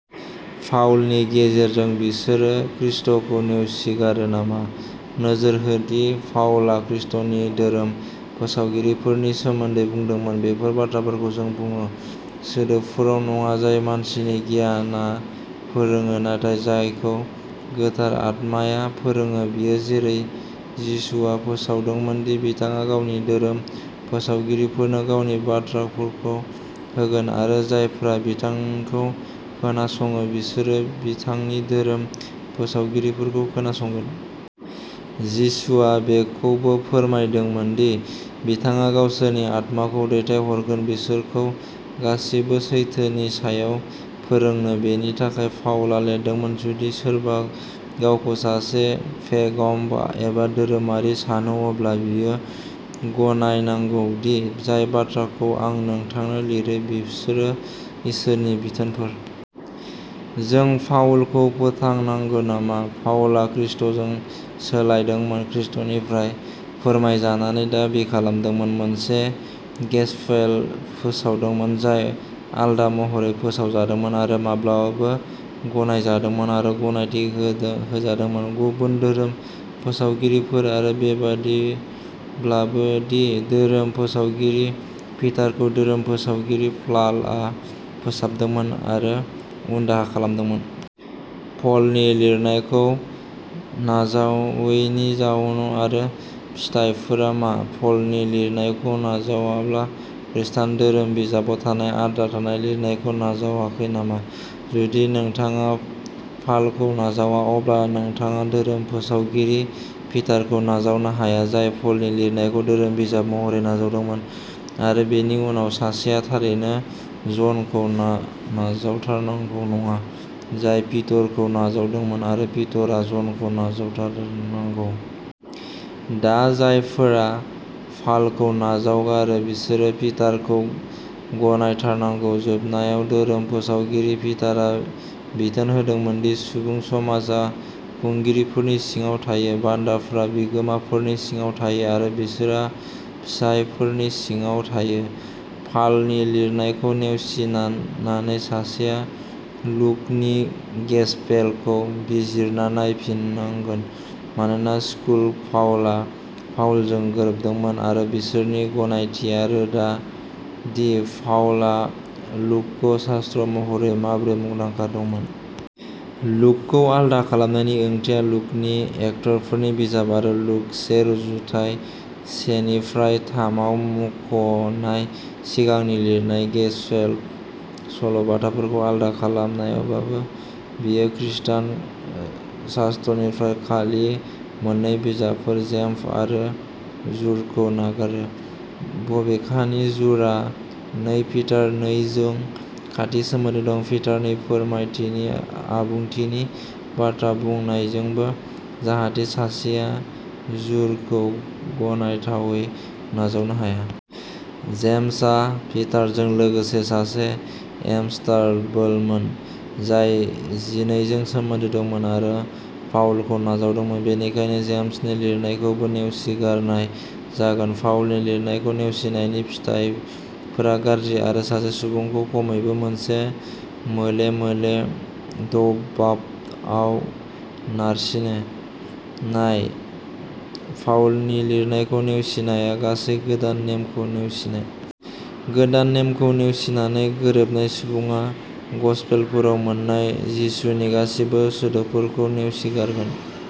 पाउलनि गेजेरजों बिसोर खृष्टखौ नेवसिगारो नामा? नोजोर हो दि पाउला खृष्टनि धोरोम फोसावगिरिफोरनि सोमोन्दै बुंदोंमोन, "बेफोर बाथ्राफोरखौबो जों बुङो, सोदोबफोराव नङा जाय मानसिनि गियानआ फोरोङो नाथाय जायखौ गोथार आत्माया फोरोङो।" बेयो जेरै जिसुआ फोसावदोंमोन दि बिथाङा गावनि धोरोम फोसावगिरिफोरनो गावनि बाथ्राफोरखौ होगोन आरो जायफोरा बिथांखौ खोनासङो बिसोरो बिथांनि धोरोम फोसावगिरिफोरखौ खोनासंगोन। जिसुआ बेखौबो फोरमायदोंमोन दि बिथाङा गावसोरनि आत्माखौ दैथायहरगोन बिसोरखौ गासैबो सैथोनि सायाव फोरोंनो। बेनि थाखाय फाउला लिरदोंमोन, "जुदि सोरबा गावखौ सासे पैगम्बर एबा धोरोमारि सानो अब्ला बियो गनायनांगौ दि जाय बाथ्राफोरखौ आं नोंथांनो लिरो बेसोरो इसोरनि बिथोनफोर।" जों फाउलखौ फोथायनांगोन नामा? फाउलआ खृष्टजों सोलायजादोंमोन, खृष्टनिफ्राय फोरमायजानायखौ दाबि खालामदोंमोन, मोनसे गेसपेल फोसावदोंमोन जाय आलादा महरै फोसावजादोंमोन आरो अब्लाबो गनायजादोंमोन आरो गनायथि होजादोंमोन गुबुन धोरोम फोसावगिरिफोर आरो बेबायदिब्लाबो दि धोरोम फोसावगिरि पिटारखौ धोरोम फोसावगिरि पलालआ फोसाबदोंमोन आरो उनदाहा खालामदोंमोन। फलनि लिरनायखौ नाजावैनि जाउन आरो फिथायफोरा मा? फलनि लिरनायखौ नाजावाब्ला खृष्टान धोरोम बिजाबाव थानाय आद्रा थानाय लिरनायखौ नाजावाखै नामा? जुदि नोंथाङा फालखौ नाजावाब्ला अब्ला नोंथाङा धोरोम फोसावगिरि पिटारखौ नाजावनो हाया, जाय फलनि लिरनायखौ धोरोम बिजाब महरै नाजावदोंमोन आरो बेनि उनाव सासेया थारैनो जनखौ नाजावथारनांगौ नङा, जाय पिटरखौ नाजावदोंमोन आरो पिटरआ जनखौ नाजावथारनांगौ। दा, जायफोरा फालखौ नाजावगारो, बिसोरो पिटारखौ गनायथारनांगौ। जोबनायाव, धोरोम फोसावगिरि पिटारआ बिथोन होदोंमोन दि सुबुं समाजा खुंगिरिफोरनि सिङाव थायो, बान्दाफोरा बिगोमाफोरनि सिङाव थायो आरो बिसिफोरा फिसायफोरनि सिङाव थायो। फालनि लिरनायखौ नेवसिनानै सासेआ लुकनि गसपेलखौ बिजिरना नायफिननांगोन मानोना सलुक फाउलआ फाउलजों गोरोबदोंमोन आरो बिसोरनि गनायथिया रोखा दि पाउलआ लुकखौ शास्त्र महरै माबोरै मुंख'दोंमोन। लुकखौ आलादा खालामनायनि ओंथिया लूकनि एक्टफोरनि बिजाब आरो लूक से रुजुथाइ सेनिफ्राय थामआव मुंख'नाय सिगांनि लिरनाय गसपेल सल'बाथाफोरखौ आलादा खालामनायबो। बेयो खृस्टान शास्त्रनिफ्राय खालि मोन्नै बिजाबफोर, जेम्स आरो जुरखौ नागारो। बबेखानि, जुरआ नै पिटार नै जों खाथि सोमोन्दो दं, पिटारनि फोरमायथिनि आबुंथिनि बाथ्रा बुंनायजोंबो, जाहाथे सासेया जुरखौ गनायथावै नाजावनो हाया। जेम्सआ पिटारजों लोगोसे सासे एपस्टलबोमोन, जाय जिनैजों सोमोन्दो दंमोन आरो फाउलखौ नाजावदोंमोन, बेनिखायनो जेम्सनि लिरनायखौबो नेवसिगारनाय जागोन। फाउलनि लिरनायखौ नेवसिनायनि फिथाइफोरा गाज्रि आरो सासे सुबुंखौ खमैबो मोनसे मोले-मोले देवबादआव नारसिनो। नाय, फाउलनि लिरनायखौ नेवसिनाया गासै गोदान नेमखौ नेवसिनाय। गोदान नेमखौ नेवसिनानै, गोरोबनाय सुबुङा गस्पेलफोराव मोन्नाय जिसुनि गासैबो सोदोबफोरखौ नेवसिगारगोन।